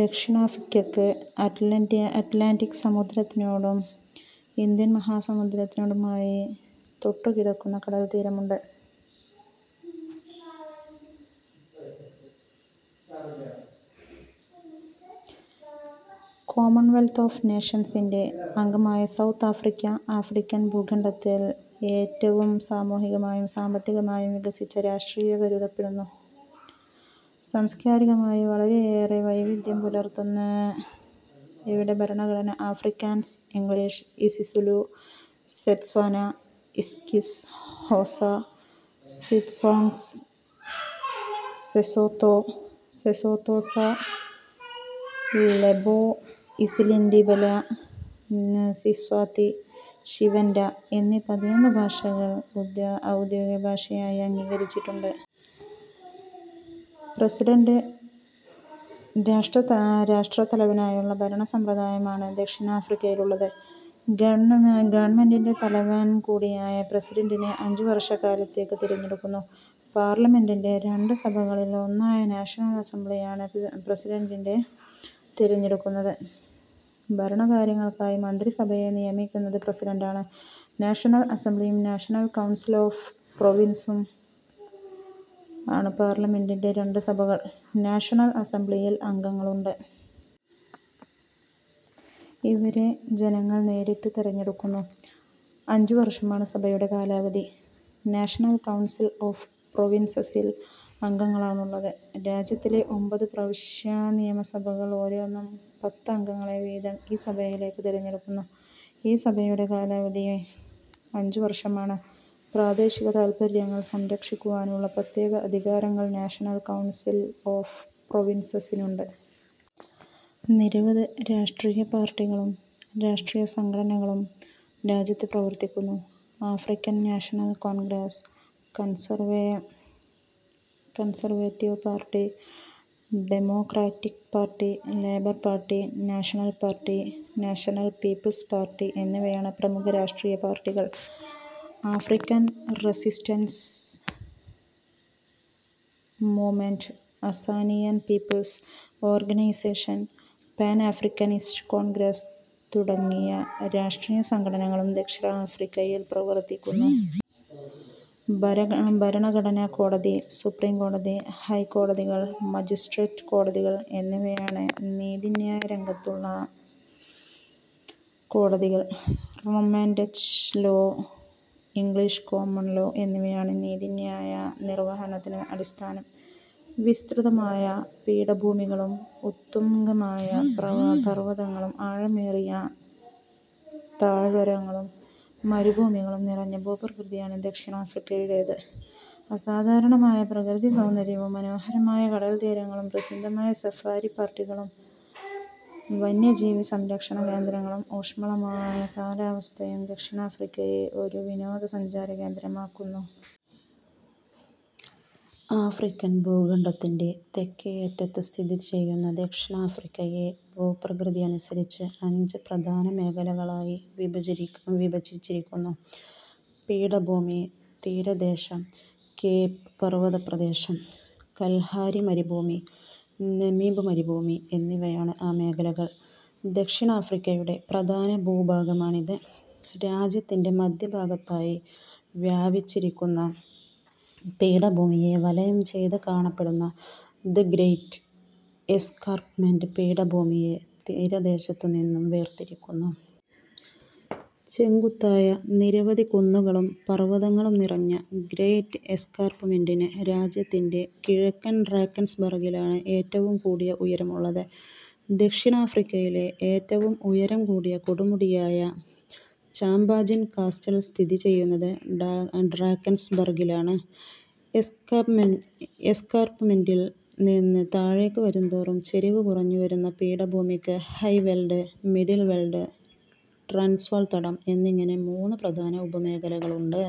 ദക്ഷിണാഫിക്കയ്ക്ക് Atlantic സമുദ്രത്തിനോടും Indian മഹാസമുദ്രത്തിനോടുമായി തൊട്ടുകിടക്കുന്ന കടൽത്തീരമുണ്ട് കോമൺവെൽത്ത് ഓഫ് നേഷൻസിന്റെ അംഗമായ സൗത്ത് ആഫ്രിക്ക, ആഫ്രിക്കൻ ഭൂഖണ്ഡത്തിൽ ഏറ്റവും സാമൂഹികമായും സാമ്പത്തികമായും വികസിച്ച രാഷ്ട്രീയ കരുതപ്പെടുന്നു. സാംസ്കാരികമായി വളരേയേറെ വൈവിധ്യം പുലർത്തുന്ന് ഇവിടെ ഭരണഘടന Afrikaans, English, isiZulu, Setswana isiXhosa, Xitsonga, Sesotho, Sesotho sa Leboa, isiNdebele, Siswati, Xivenda, എന്നീ പതിനൊന്ന് ഭാഷകളെ ഔദ്യോഗികഭാഷയായി അംഗീകരിച്ചിട്ടുണ്ട്. പ്രസിഡന്റ് രാഷ്ട്രത്തലവനായുള്ള ഭരണസമ്പ്രദായമാണ് ദക്ഷിണാഫ്രിക്കയിലുള്ളത്. ഗവണ്മെന്റിന്റെ തലവൻകൂടിയായ പ്രസിഡന്റിനെ അഞ്ചുവർഷക്കാലത്തേക്കു തെരഞ്ഞെടുക്കുന്നു. പാർലമെന്റിന്റെ രണ്ട് സഭകളിൽ ഒന്നായ നാഷണൽ അസംബ്ലിയാണ് പ്രസിഡന്റിനെ തെരഞ്ഞെടുക്കുന്നത്. ഭരണ കാര്യങ്ങൾക്കായി മന്ത്രിസഭയെ നിയമിക്കുന്നത് പ്രസിഡന്റാണ്. നാഷണൽ അസംബ്ലിയും നാഷണൽ കൗൺസിൽ ഒഫ് പ്രോവിൻസസും ആണ് പാർലമെന്റിന്റെ രണ്ട് സഭകൾ. നാഷണൽ അസംബ്ളിയിൽ അംഗങ്ങളുണ്ട്. ഇവരെ ജനങ്ങൾ നേരിട്ട് തെരഞ്ഞെടുക്കുന്നു. അഞ്ചുവർഷമാണ് സഭയുടെ കാലാവധി. നാഷണൽ കൌൺസിൽ ഒഫ് പ്രോവിൻസസിൽ അംഗങ്ങളാണുള്ളത്. രാജ്യത്തിലെ ഒൻപത് പ്രവിശ്യാനിയമസഭകൾ ഓരോന്നും പത്ത് അംഗങ്ങളെ വീതം ഈ സഭയിലേക്കു തെരഞ്ഞെടുക്കുന്നു. ഈ സഭയുടെയും കാലാവധി അഞ്ചുവർഷമാണ്. പ്രാദേശിക താത്പര്യങ്ങൾ സംരക്ഷിക്കുവാനുള്ള പ്രത്യേക അധികാരങ്ങൾ നാഷണൽ കൌൺസിൽ ഒഫ് പ്രോവിൻസസിനുണ്ട്. നിരവധി രാഷ്ട്രീയ പാർട്ടികളും രാഷ്ട്രീയ സംഘടനകളും രാജ്യത്ത് പ്രവർത്തിക്കുന്നു. African National Congress, conserve Conservative Party, Democratic Party, Labour Party, National Party, National People's Party എന്നിവയാണ് പ്രമുഖ രാഷ്ട്രീയ പാർട്ടികൾ. African Resistance Movement, Azanian People's Organisation, Pan Africanist Congress തുടങ്ങിയ രാഷ്ട്രീയ സംഘടനകളും ദക്ഷിണാഫ്രിക്കയിൽ പ്രവർത്തിക്കുന്നു. ഭരണഘടനാ കോടതി, സുപ്രീം കോടതി, ഹൈക്കോടതികൾ, മജിസ്റ്റ്രേറ്റ് കോടതികൾ എന്നിവയാണ് നീതിന്യായരംഗത്തുള്ള കോടതികൾ. Roman Dutch law, English common law എന്നിവയാണ് നീതിന്യായ നിർവഹണത്തിന് അടിസ്ഥാനം. വിസ്തൃതമായ പീഠഭൂമികളും ഉത്തുംഗമായ പർവതങ്ങളും ആഴമേറിയ താഴ്വരകളും മരുഭൂമികളും നിറഞ്ഞ ഭൂപ്രകൃതിയാണ് ദക്ഷിണാഫ്രിക്കയുടേത്. അസാധാരണമായ പ്രകൃതിസൗന്ദര്യവും മനോഹരമായ കടൽത്തീരങ്ങളും പ്രസിദ്ധമായ സഫാരി പാർക്കുകളും വന്യജീവി സംരക്ഷണകേന്ദ്രങ്ങളും ഊഷ്മളമായ കാലാവസ്ഥയും ദക്ഷിണാഫ്രിക്കയെ ഒരു വിനോദസഞ്ചാരകേന്ദ്രമാക്കുന്നു. ആഫ്രിക്കൻ ഭൂഖണ്ഡത്തിന്റെ തെക്കേയറ്റത്തു സ്ഥിതിചെയ്യുന്ന ദക്ഷിണാഫ്രിക്കയെ ഭൂപ്രകൃതിയനുസരിച്ച് അഞ്ച് പ്രധാന മേഖലകളായി വിഭജിച്ചിരിക്കുന്നു. പീഠഭൂമി, തീരദേശം, കേപ് പർവതപ്രദേശം, കൽഹാരി മരുഭൂമി, നമീബ് മരുഭൂമി എന്നിവയാണ് ആ മേഖലകൾ. ദക്ഷിണാഫ്രിക്കയുടെ പ്രധാന ഭൂഭാഗമാണിത്. രാജ്യത്തിന്റെ മധ്യഭാഗത്തായി വ്യാപിച്ചിരിക്കുന്ന പീഠഭൂമിയെ വലയംചെയ്തു കാണപ്പെടുന്ന 'ദ് ഗ്രെയ്റ്റ് എസ്കാർപ്മെന്റ്' പീഠഭൂമിയെ തീരദേശത്തിൽനിന്നു വേർതിരിക്കുന്നു. ചെങ്കുത്തായ നിരവധി കുന്നുകളും പർവതങ്ങളും നിറഞ്ഞ ഗ്രെയ്റ്റ് എസ്കാർപ്മെന്റിന് രാജ്യത്തിന്റെ കിഴക്കൻ ഡ്രാക്കൻസ്ബർഗിലാണ് ഏറ്റവും കൂടിയ ഉയരം ഉള്ളത്. ദക്ഷിണാഫ്രിക്കയിലെ ഏറ്റവും ഉയരം കൂടിയ കൊടുമുടിയായ ചാമ്പാജിൻ കാസ്റ്റൽ സ്ഥിതിചെയ്യുന്നത് ഡ്രാക്കൻസ്ബർഗിലാണ്. എസ്കാർപ്മെന്റിൽ നിന്ന് താഴേക്കു വരുന്തോറും ചരിവ് കുറഞ്ഞുവരുന്ന പീഠഭൂമിക്ക് High Veld, Middle Veld, Transvaal തടം എന്നിങ്ങനെ മൂന്ന് പ്രധാന ഉപമേഖലകളുണ്ട്.